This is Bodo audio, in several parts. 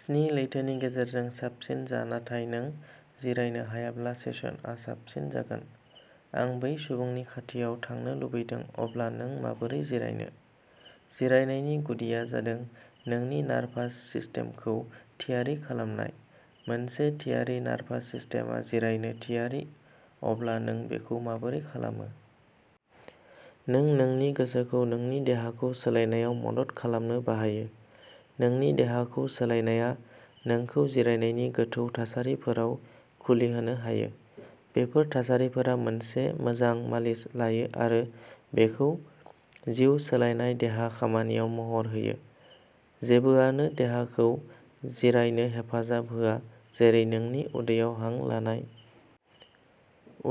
स्नि लैथोनि गेजेरजों साबसिन जा, नाथाय नों जिरायनो हायाब्ला, सेसनआ साबसिन जागोन। आं बै सुबुंनि खाथियाव थांनो लुबैदों! अब्ला नों माबोरै जिरायनो? जिरायनायनि गुदिया जादों नोंनि नार्भास सिस्टेमखौ थियारि खालामनाय। मोनसे थियारि नार्भास सिस्टेमआ जिरायनो थियारि अब्ला नों बेखौ माबोरै खालामो? नों नोंनि गोसोखौ नोंनि देहाखौ सोलायनायाव मदद खालामनो बाहायो। नोंनि देहाखौ सोलायनाया नोंखौ जिरायनायनि गोथौ थासारिफोराव खुलिहोनो हायो। बेफोर थासारिफोरा मोनसे मोजां मालिस लायो आरो बेखौ जिउ सोलायनाय देहा खामानिआव महर होयो। जेबोआनो देहाखौ जिरायनो हेफाजाब होआ जेरै नोंनि उदैयाव हां लानाय।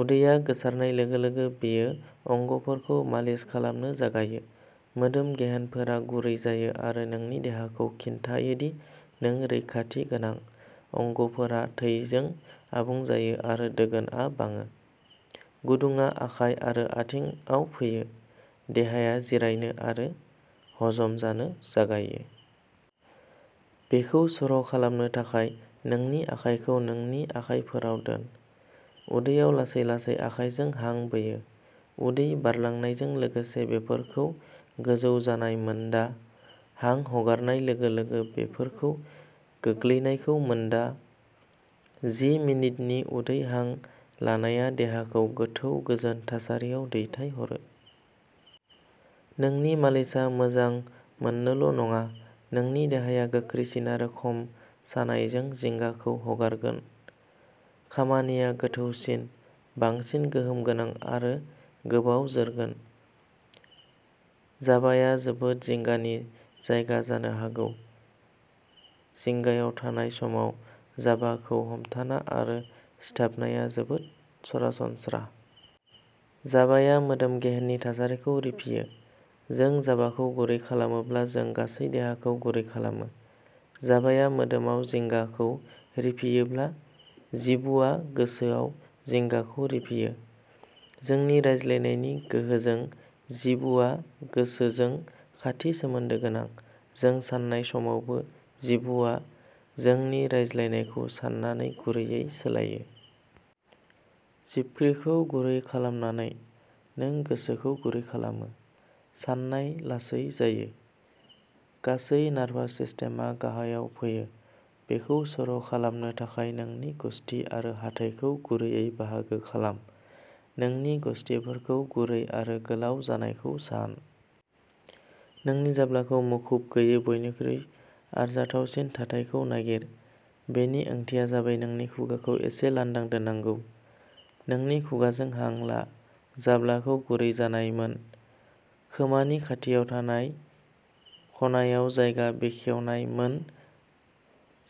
उदैया गोसारनाय लोगो-लोगो बेयो अंगफोरखौ मालिस खालामनो जागायो। मोदोम-गेहेनफोरा गुरै जायो आरो नोंनि देहाखौ खोन्थायो दि नों रैखाथि गोनां। अंगफोरा थैजों आबुं जायो आरो दोगोनआ बाङो। गुदुंआ आखाइ आरो आथिंआव फैयो। देहाया जिरायनो आरो हजम जानो जागायो। बेखौ सर' खालामनो थाखाय, नोंनि आखाइखौ नोंनि आखायफोराव दोन। उदैयाव लासै-लासै आखाइजों हां बोयो। उदै बारलांनायजों लोगोसे बेफोरखौ गोजौ जानाय मोनदा। हां हगारनाय लोगो-लोगो बेफोरखौ गोग्लैनायखौ मोनदा। जि मिनिटनि उदै हां लानाया देहाखौ गोथौ गोजोन थासारियाव दैथायहरो। नोंनि मालिसआ मोजां मोननोल' नङा, नोंनि देहाया गोख्रैसिन आरो खम सानायजों जिंगाखौ हगारगोन। खामानिया गोथौसिन, बांसिन गोहोम गोनां आरो गोबाव जोरगोन। जाबाया जोबोद जिंगानि जायगा जानो हागौ। जिंगायाव थानाय समाव, जाबाखौ हमथाना आरो सिथाबनाया जोबोद सरासनस्रा। जाबाया मोदोम गेहेननि थासारिखौ रिफियो। जों जाबाखौ गुरै खालामोब्ला जों गासै देहाखौ गुरै खालामो। जाबाया मोदोमाव जिंगाखौ रिफियोब्ला, जिबुआ गोसोआव जिंगाखौ रिफियो। जोंनि रायज्लायनायनि गोहोजों, जिबुआ गोसोजों खाथि सोमोन्दो गोनां। जों सान्नाय समावबो, जिबुआ जोंनि रायज्लायनायखौ सान्नानै गुरैयै सोलियो। जिबख्रिखौ गुरै खालामनानै, जों गोसोखौ गुरै खालामो। साननाय लासै जायो। गासै नार्भास सिस्टेमआ गाहायाव फैयो। बेखौ सर' खालामनो थाखाय, नोंनि गुसथि आरो हाथाइखौ गुरैयै बाहागो खालाम। नोंनि गुसथिफोरखौ गुरै आरो गोलाव जानायखौ सान। नोंनि जाब्लाखौ मुखुब गैयै बयनिख्रुइ आरजाथावसिन थाथायखौ नागिर। बेनि ओंथिया जाबाय नोंनि खुगाखौ एसे लांदां दोननांगौ। नोंनि खुगाजों हां ला। जाब्लाखौ गुरै जानाय मोन। खोमानि खाथियाव थानाय खनायाव जायगा बेखेवनाय मोन।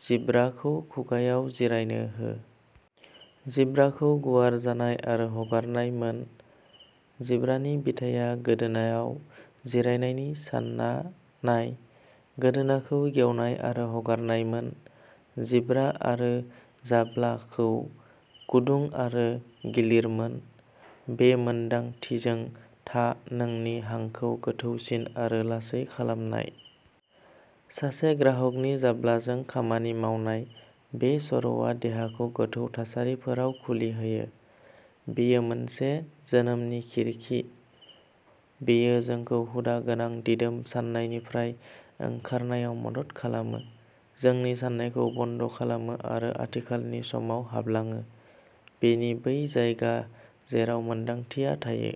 जिब्राखौ खुगाआव जिरायनो हो। जिब्राखौ गुवार जानाय आरो हगारनाय मोन। जिब्रानि बिथाया गोदोनाआव जिरायनायनि सानना नाय। गोदोनाखौ गेवनाय आरो हगारनाय मोन। जिब्रा आरो जाब्लाखौ गुदुं आरो गिलिर मोन। बे मोनदांथिजों था, नोंनि हांखौ गोथौसिन आरो लासै खालामनाय। सासे ग्राहकनि जाब्लाजों खामानि मावनाय। बे सर'आ देहाखौ गोथौ थासारिफोराव खुलि होयो। बेयो मोनसे जोनोमनि खिरखि। बेयो जोंखौ हुदा गोनां, दिदोम साननायनिफ्राय ओंखारनायाव मदद खालामो। जों सान्नायखौ बन्द'खालामो आरो आथिखालनि समाव हाबलाङो। बेनो बै जायगा जेराव मोन्दांथिया थायो।